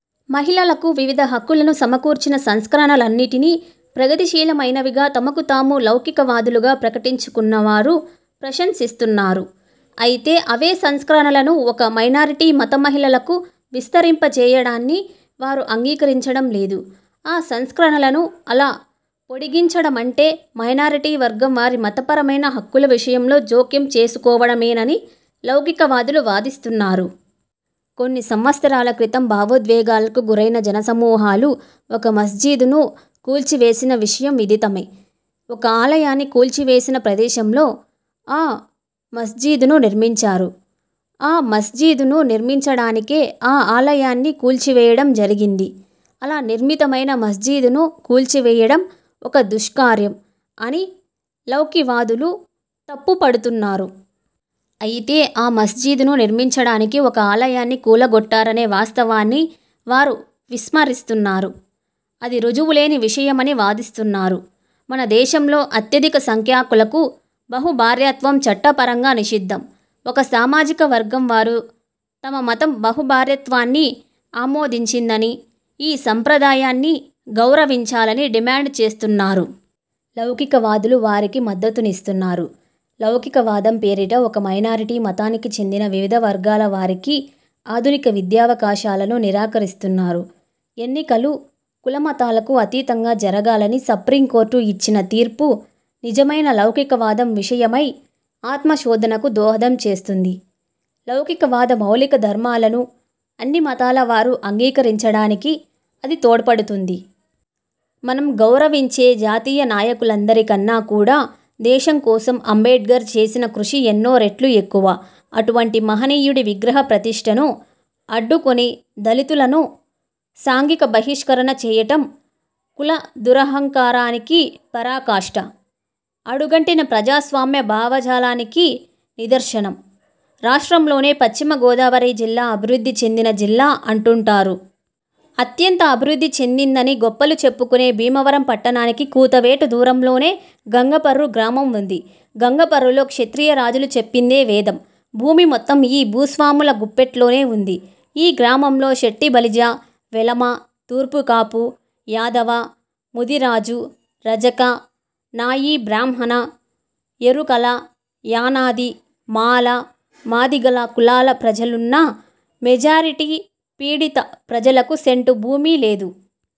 మహిళలకు వివిధ హక్కులను సమకూర్చిన సంస్కరణలన్నిటినీ ప్రగతిశీలమైనవిగా తమకు తాము లౌకికవాదులుగా ప్రకటించుకున్నవారు ప్రశంసిస్తున్నారు. అయితే అవే సంస్కరణలను ఒక మైనారిటీ మత మహిళలకు విస్తరింపచేయడాన్ని వారు అంగీకరించడం లేదు. ఆ సంస్కరణలను అలా పొడిగించడమంటే మైనారిటీ వర్గం వారి మతపరమైన హక్కుల విషయంలో జోక్యం చేసుకోవడమేనని లౌకికవాదులు వాదిస్తున్నారు! కొన్ని సంవత్సరాల క్రితం భావోద్వేగాలకు గురైన జనసమూహాలు ఒక మస్జీదును కూల్చివేసిన విషయం విదితమే. ఒక ఆలయాన్ని కూల్చివేసిన ప్రదేశంలో ఆ మస్జీదును నిర్మించారు. ఆ మస్జీదును నిర్మించడానికే ఆ ఆలయాన్ని కూల్చివేయడం జరిగింది. అలా నిర్మితమైన మస్జీదును కూల్చివేయడం ఒక 'దుష్కార్యం' అని లౌకివాదులు తప్పుపడుతున్నారు. అయితే ఆ మస్జీదును నిర్మించడానికి ఒక ఆలయాన్ని కూలగొట్టారనే వాస్తవాన్ని వారు విస్మరిస్తున్నారు. అది రుజువులేని విషయమని వాదిస్తున్నారు. మనదేశంలో అత్యధిక సంఖ్యాకులకు బహు భార్యాత్వం చట్టపరంగా నిషిద్ధం. ఒక సామాజికవర్గం వారు తమ మతం బహు భార్యత్వాన్ని ఆమోదించిందని, ఈ సంప్రదాయాన్ని గౌరవించాలని డిమాండ్ చేస్తున్నారు. లౌకికవాదులు వారికి మద్దతునిస్తున్నారు. లౌకిక వాదం పేరిట ఒక మైనారిటీ మతానికి చెందిన వివిధ వర్గాల వారికి ఆధునిక విద్యావకాశాలను నిరాకరిస్తున్నారు. ఎన్నికలు కుల మతాలకు అతీతంగా జరగాలని సప్రీంకోర్టు ఇచ్చిన తీర్పు నిజమైన లౌకికవాదం విషయమై ఆత్మశోధనకు దోహదం చేస్తుంది. లౌకికవాద మౌలికధర్మాలను అన్ని మతాలవారు అంగీకరించడానికి అది తోడ్పడుతుంది. మనం గౌరవించే జాతీయ నాయకులందరికన్నా కూడా దేశం కోసం అంబేడ్కర్ చేసిన కృషి ఎన్నో రెట్లు ఎక్కువ. అటువంటి మహనీయుడి విగ్రహ ప్రతిష్ఠను అడ్డుకొని దళితులను సాంఘిక బహిష్కరణ చేయటం కుల దురహంకారానికి పరాకాష్ట. అడుగంటిన ప్రజాస్వామ్య భావజాలానికి నిదర్శనం. రాష్ట్రంలోనే పశ్చిమగోదావరి జిల్లా అభివృద్ధి చెందిన జిల్లా అంటుంటారు. అత్యంత అభివృద్ధి చెందిందని గొప్పలు చెప్పుకునే భీమవరం పట్టణానికి కూతవేటు దూరంలోనే గంగపర్రు గ్రామం ఉంది. గంగపర్రులో క్షత్రియ రాజులు చెప్పిందే వేదం. భూమి మొత్తం ఈ భూస్వాముల గుప్పెట్లోనే ఉంది. ఈ గ్రామంలో శెట్టిబలిజ, వెలమ, తూర్పుకాపు, యాదవ, ముదిరాజు, రజక, నాయి బ్రాహ్మణ, ఎరుకల, యానాది, మాల, మాదిగల కులాల ప్రజలున్నా మెజారిటీ పీడిత ప్రజలకు సెంటు భూమి లేదు.